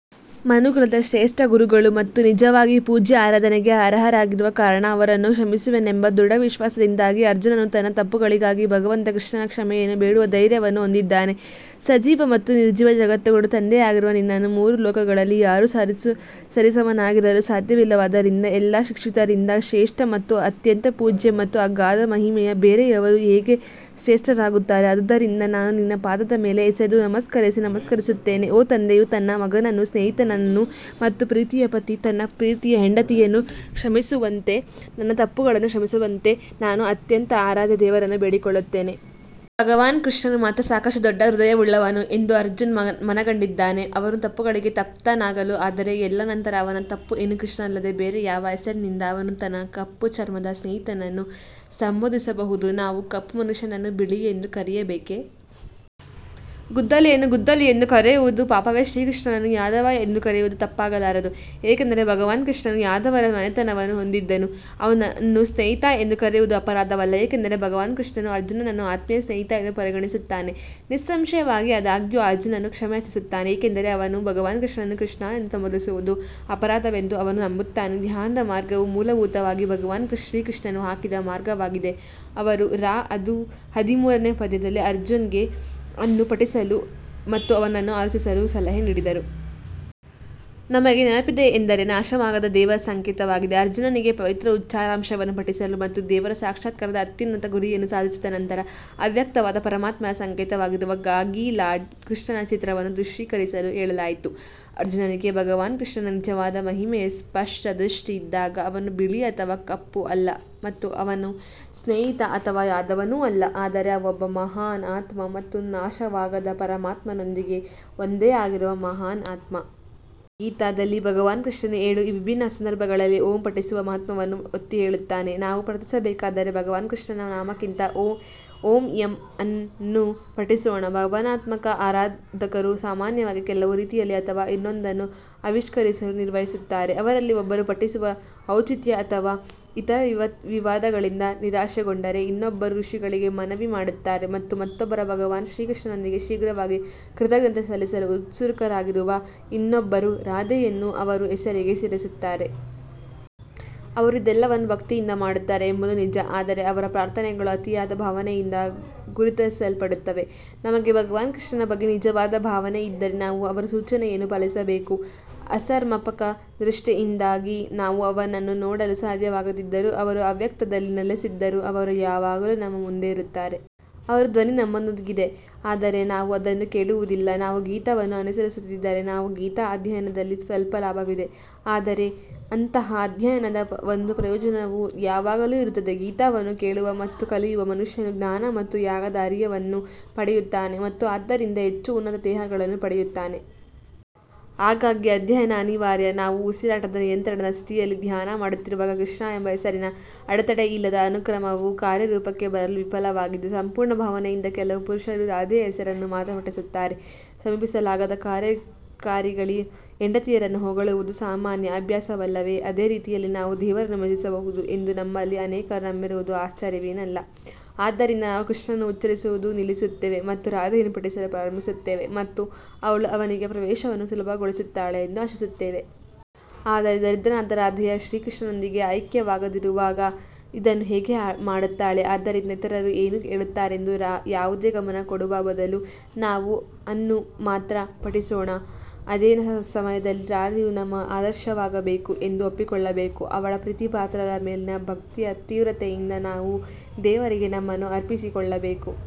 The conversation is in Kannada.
ಮನುಕುಲದ ಶ್ರೇಷ್ಠ ಗುರುಗಳು ಮತ್ತು ನಿಜವಾಗಿಯೂ ಪೂಜ್ಯ ಆರಾಧನೆಗೆ ಅರ್ಹರಾಗಿರುವ ಕಾರಣ ಅವರನ್ನು ಕ್ಷಮಿಸುವೆನೆಂಬ ದೃಢ ವಿಶ್ವಾಸದಿಂದಾಗಿ ಅರ್ಜುನನು ತನ್ನ ತಪ್ಪುಗಳಿಗಾಗಿ ಭಗವಂತ ಕೃಷ್ಣನ ಕ್ಷಮೆಯನ್ನು ಬೇಡುವ ಧೈರ್ಯವನ್ನು ಹೊಂದಿದ್ದಾನೆ. ಸಜೀವ ಮತ್ತು ನಿರ್ಜೀವ ಜಗತ್ತುಗಳ ತಂದೆಯಾಗಿರುವ ನಿನ್ನನ್ನು ಮೂರು ಲೋಕಗಳಲ್ಲಿ ಯಾರೂ ಸರಿಸಮನಾಗಿರಲು ಸಾಧ್ಯವಿಲ್ಲವಾದ್ದರಿಂದ, ಎಲ್ಲ ಶಿಕ್ಷಕರಿಗಿಂತ ಶ್ರೇಷ್ಠ ಮತ್ತು ಅತ್ಯಂತ ಪೂಜ್ಯ ಮತ್ತು ಅಗಾಧ ಮಹಿಮೆಯು ಬೇರೆಯವರು ಹೇಗೆ ಶ್ರೇಷ್ಠರಾಗುತ್ತಾರೆ ಆದುದರಿಂದ ನಾನು ನಿನ್ನ ಪಾದದ ಮೇಲೆ ಎಸೆದು ನಮಸ್ಕರಿಸಿ ನಮಸ್ಕರಿಸುತ್ತೇನೆ, ಓ ತಂದೆಯು ತನ್ನ ಮಗನನ್ನು ಸ್ನೇಹಿತನನ್ನು ಮತ್ತು ಪ್ರೀತಿಯ ಪತಿ ತನ್ನ ಪ್ರೀತಿಯ ಹೆಂಡತಿಯನ್ನು ಕ್ಷಮಿಸುವಂತೆ ನನ್ನ ತಪ್ಪುಗಳನ್ನು ಕ್ಷಮಿಸುವಂತೆ ನಾನು ಅತ್ಯಂತ ಆರಾಧ್ಯ ದೇವರನ್ನು ಬೇಡಿಕೊಳ್ಳುತ್ತೇನೆ. ಭಗವಾನ್ ಕೃಷ್ಣನು ಮಾತ್ರ ಸಾಕಷ್ಟು ದೊಡ್ಡ ಹೃದಯವುಳ್ಳವನು ಎಂದು ಅರ್ಜುನ್ ಮನಗಂಡಿದ್ದಾನೆ ಅವನ ತಪ್ಪುಗಳಿಗೆ ತೃಪ್ತನಾಗಲು ಆದರೆ ಎಲ್ಲಾ ನಂತರ ಅವನ ತಪ್ಪು ಏನು ಕೃಷ್ಣನಲ್ಲದೆ ಬೇರೆ ಯಾವ ಹೆಸರಿನಿಂದ ಅವನು ತನ್ನ ಕಪ್ಪು ಚರ್ಮದ ಸ್ನೇಹಿತನನ್ನು ಸಂಬೋಧಿಸಬಹುದು ನಾವು ಕಪ್ಪು ಮನುಷ್ಯನನ್ನು ಬಿಳಿ ಎಂದು ಕರೆಯಬೇಕೇ? ಗುದ್ದಲಿಯನ್ನು ಗುದ್ದಲಿ ಎಂದು ಕರೆಯುವುದು ಪಾಪವೇ ಶ್ರೀಕೃಷ್ಣನನ್ನು ಯಾದವ ಎಂದು ಕರೆಯುವುದು ತಪ್ಪಾಗಲಾರದು ಏಕೆಂದರೆ ಭಗವಾನ್ ಕೃಷ್ಣನು ಯಾದವರ ಮನೆತನವನ್ನು ಹೊಂದಿದ್ದನು. ಅವನನ್ನು ಸ್ನೇಹಿತ ಎಂದು ಕರೆಯುವುದು ಅಪರಾಧವಲ್ಲ ಏಕೆಂದರೆ ಭಗವಾನ್ ಕೃಷ್ಣನು ಅರ್ಜುನನನ್ನು ಆತ್ಮೀಯ ಸ್ನೇಹಿತ ಎಂದು ಪರಿಗಣಿಸುತ್ತಾನೆ. ನಿಸ್ಸಂಶಯವಾಗಿ ಆದಾಗ್ಯೂ ಅರ್ಜುನನು ಕ್ಷಮೆಯಾಚಿಸುತ್ತಾನೆ ಏಕೆಂದರೆ ಅವನು ಭಗವಾನ್ ಕೃಷ್ಣನನ್ನು ಕೃಷ್ಣ ಎಂದು ಸಂಬೋಧಿಸುವುದು ಅಪರಾಧವೆಂದು ಅವನು ನಂಬುತ್ತಾನೆ ಧ್ಯಾನದ ಮಾರ್ಗವು ಮೂಲಭೂತವಾಗಿ ಭಗವಾನ್ ಶ್ರೀಕೃಷ್ಣನು ಹಾಕಿದ ಮಾರ್ಗವಾಗಿದೆ ಅವರು ರ ಹದಿಮೂರನೇ ಪದ್ಯದಲ್ಲಿ ಅರ್ಜುನ್ಗೆ ಅನ್ನು ಪಠಿಸಲು ಮತ್ತು ಅವನನ್ನು ಆಲೋಚಿಸಲು ಸಲಹೆ ನೀಡಿದರು. ನಮಗೆ ನೆನಪಿದೆ ಎಂದರೆ ನಾಶವಾಗದ ದೇವರ ಸಂಕೇತವಾಗಿದೆ ಅರ್ಜುನನಿಗೆ ಪವಿತ್ರ ಉಚ್ಚಾರಾಂಶವನ್ನು ಪಠಿಸಲು ಮತ್ತು ದೇವರ ಸಾಕ್ಷಾತ್ಕಾರದ ಅತ್ಯುನ್ನತ ಗುರಿಯನ್ನು ಸಾಧಿಸಿದ ನಂತರ ಅವ್ಯಕ್ತವಾದ ಪರಮಾತ್ಮನ ಸಂಕೇತವಾಗಿರುವ ಗಾಗಿ ಲಾರ್ಡ್ ಕೃಷ್ಣನ ಚಿತ್ರವನ್ನು ದೃಶ್ಯೀಕರಿಸಲು ಹೇಳಲಾಯಿತು. ಅರ್ಜುನನಿಗೆ ಭಗವಾನ್ ಕೃಷ್ಣನ ನಿಜವಾದ ಮಹಿಮೆಯ ಸ್ಪಷ್ಟ ದೃಷ್ಟಿ ಇದ್ದಾಗ ಅವನು ಬಿಳಿ ಅಥವಾ ಕಪ್ಪು ಅಲ್ಲ ಮತ್ತು ಅವನು ಸ್ನೇಹಿತ ಅಥವಾ ಯಾದವನೂ ಅಲ್ಲ, ಆದರೆ ಒಬ್ಬ ಮಹಾನ್ ಆತ್ಮ ಮತ್ತು ನಾಶವಾಗದ ಪರಮಾತ್ಮನೊಂದಿಗೆ ಒಂದೇ ಆಗಿರುವ ಮಹಾನ್ ಆತ್ಮ. ಗೀತಾದಲ್ಲಿ ಭಗವಾನ್ ಕೃಷ್ಣನು ಏಳು ವಿಭಿನ್ನ ಸಂದರ್ಭಗಳಲ್ಲಿ ಓಂ ಪಠಿಸುವ ಮಹತ್ವವನ್ನು ಒತ್ತಿಹೇಳಿದ್ದಾನೆ. ನಾವು ಪ್ರಾರ್ಥಿಸಬೇಕಾದರೆ ಭಗವಾನ್ ಕೃಷ್ಣನ ನಾಮಕ್ಕಿಂತ ಓಎಂ ಅನ್ನು ಪಠಿಸೋಣ ಭಾವನಾತ್ಮಕ ಆರಾಧಕರು ಸಾಮಾನ್ಯವಾಗಿ ಕೆಲವು ರೀತಿಯಲ್ಲಿ ಅಥವಾ ಇನ್ನೊಂದನ್ನು ಆವಿಷ್ಕರಿಸಲು ನಿರ್ವಹಿಸುತ್ತಾರೆ ಅವರಲ್ಲಿ ಒಬ್ಬರು ಪಠಿಸುವ ಔಚಿತ್ಯ ಅಥವಾ ಇತರ ವಿವಾದಗಳಿಂದ ನಿರಾಶೆಗೊಂಡರೆ, ಇನ್ನೊಬ್ಬರು ಋಷಿಗಳಿಗೆ ಮನವಿ ಮಾಡುತ್ತಾರೆ ಮತ್ತು ಮತ್ತೊಬ್ಬರು ಭಗವಾನ್ ಶ್ರೀಕೃಷ್ಣನೊಂದಿಗೆ ಶೀಘ್ರವಾಗಿ ಕೃತಜ್ಞತೆ ಸಲ್ಲಿಸಲು ಉತ್ಸುಕರಾಗಿರುವ ಇನ್ನೊಬ್ಬರು ರಾಧೆಯನ್ನು ಅವರ ಹೆಸರಿಗೆ ಸೇರಿಸುತ್ತಾರೆ. ಅವರು ಇದೆಲ್ಲವನ್ನೂ ಭಕ್ತಿಯಿಂದ ಮಾಡುತ್ತಾರೆ ಎಂಬುದು ನಿಜ ಆದರೆ ಅವರ ಪ್ರಾರ್ಥನೆಗಳು ಅತಿಯಾದ ಭಾವನೆಯಿಂದ ಗುರುತಿಸಲ್ಪಡುತ್ತವೆ ನಮಗೆ ಭಗವಾನ್ ಕೃಷ್ಣನ ಬಗ್ಗೆ ನಿಜವಾದ ಭಾವನೆ ಇದ್ದರೆ ನಾವು ಅವರ ಸೂಚನೆಯನ್ನು ಪಾಲಿಸಬೇಕು ಅಸಮರ್ಪಕ ದೃಷ್ಟಿಯಿಂದಾಗಿ ನಾವು ಅವನನ್ನು ನೋಡಲು ಸಾಧ್ಯವಾಗದಿದ್ದರೂ ಅವರು ಅವ್ಯಕ್ತದಲ್ಲಿ ನೆಲೆಸಿದ್ದರೂ ಅವರು ಯಾವಾಗಲೂ ನಮ್ಮ ಮುಂದೆ ಇರುತ್ತಾರೆ. ಅವರ ಧ್ವನಿ ನಮ್ಮೊಂದಿಗಿದೆ ಆದರೆ ನಾವು ಅದನ್ನು ಕೇಳುವುದಿಲ್ಲ ನಾವು ಗೀತಾವನ್ನು ಅನುಸರಿಸದಿದ್ದರೆ ನಾವು ಗೀತಾ ಅಧ್ಯಯನದಲ್ಲಿ ಸ್ವಲ್ಪ ಲಾಭವಿದೆ, ಆದರೆ ಅಂತಹ ಅಧ್ಯಯನದ ಒಂದು ಪ್ರಯೋಜನವು ಯಾವಾಗಲೂ ಇರುತ್ತದೆ. ಗೀತಾವನ್ನು ಕೇಳುವ ಮತ್ತು ಕಲಿಯುವ ಮನುಷ್ಯನು ಜ್ಞಾನ ಮತ್ತು ಯಾಗದ ಅರಿವನ್ನು ಪಡೆಯುತ್ತಾನೆ ಮತ್ತು ಆದ್ದರಿಂದ ಹೆಚ್ಚು ಉನ್ನತ ದೇಹಗಳನ್ನು ಪಡೆಯುತ್ತಾನೆ. ಹಾಗಾಗಿ ಅಧ್ಯಯನ ಅನಿವಾರ್ಯ ನಾವು ಉಸಿರಾಟದ ನಿಯಂತ್ರಣದ ಸ್ಥಿತಿಯಲ್ಲಿ ಧ್ಯಾನ ಮಾಡುತ್ತಿರುವಾಗ ಕೃಷ್ಣ ಎಂಬ ಹೆಸರಿನ ಅಡೆತಡೆಯಿಲ್ಲದ ಅನುಕ್ರಮವು ಕಾರ್ಯರೂಪಕ್ಕೆ ಬರಲು ವಿಫಲವಾಗಿದೆ. ಸಂಪೂರ್ಣ ಭಾವನೆಯಿಂದ ಕೆಲವು ಪುರುಷರು ರಾಧೆಯ ಹೆಸರನ್ನು ಮಾತ್ರ ಪಠಿಸುತ್ತಾರೆ ಸಮೀಪಿಸಲಾಗದ ಕಾರ್ಯಕಾರಿಗಳ ಹೆಂಡತಿಯರನ್ನು ಹೊಗಳುವುದು ಸಾಮಾನ್ಯ ಅಭ್ಯಾಸವಲ್ಲವೇ ಅದೇ ರೀತಿಯಲ್ಲಿ ನಾವು ದೇವರನ್ನು ಮೆಚ್ಚಿಸಬಹುದು ಎಂದು ನಮ್ಮಲ್ಲಿ ಅನೇಕರು ನಂಬಿರುವುದು ಆಶ್ಚರ್ಯವೇನಿಲ್ಲ ಆದ್ದರಿಂದ ನಾವು ಕೃಷ್ಣನನ್ನು ಉಚ್ಚರಿಸುವುದನ್ನು ನಿಲ್ಲಿಸುತ್ತೇವೆ ಮತ್ತು ರಾಧೆಯನ್ನು ಪಠಿಸಲು ಪ್ರಾರಂಭಿಸುತ್ತೇವೆ ಮತ್ತು ಅವಳು ಅವನಿಗೆ ಪ್ರವೇಶವನ್ನು ಸುಲಭಗೊಳಿಸುತ್ತಾಳೆ ಎಂದು ಆಶಿಸುತ್ತೇವೆ. ಆದರೆ ದರಿದ್ರನಾದ ರಾಧೆಯು ಶ್ರೀಕೃಷ್ಣನೊಂದಿಗೆ ಐಕ್ಯವಾಗದಿರುವಾಗ ಇದನ್ನು ಹೇಗೆ ಮಾಡುತ್ತಾಳೆ ಆದ್ದರಿಂದ ಇತರರು ಏನು ಹೇಳುತ್ತಾರೆಂದು ಯಾವುದೇ ಗಮನ ಕೊಡುವ ಬದಲು ನಾವು ಅನ್ನು ಮಾತ್ರ ಪಠಿಸೋಣ ಅದೇ ಸಮಯದಲ್ಲಿ ರಾಧೆಯು ನಮ್ಮ ಆದರ್ಶವಾಗಬೇಕು ಎಂದು ಒಪ್ಪಿಕೊಳ್ಳಬೇಕು, ಅವಳ ಪ್ರೀತಿಪಾತ್ರರ ಮೇಲಿನ ಭಕ್ತಿಯ ತೀವ್ರತೆಯಿಂದ ನಾವು ದೇವರಿಗೆ ನಮ್ಮನ್ನು ಅರ್ಪಿಸಿಕೊಳ್ಳಬೇಕು.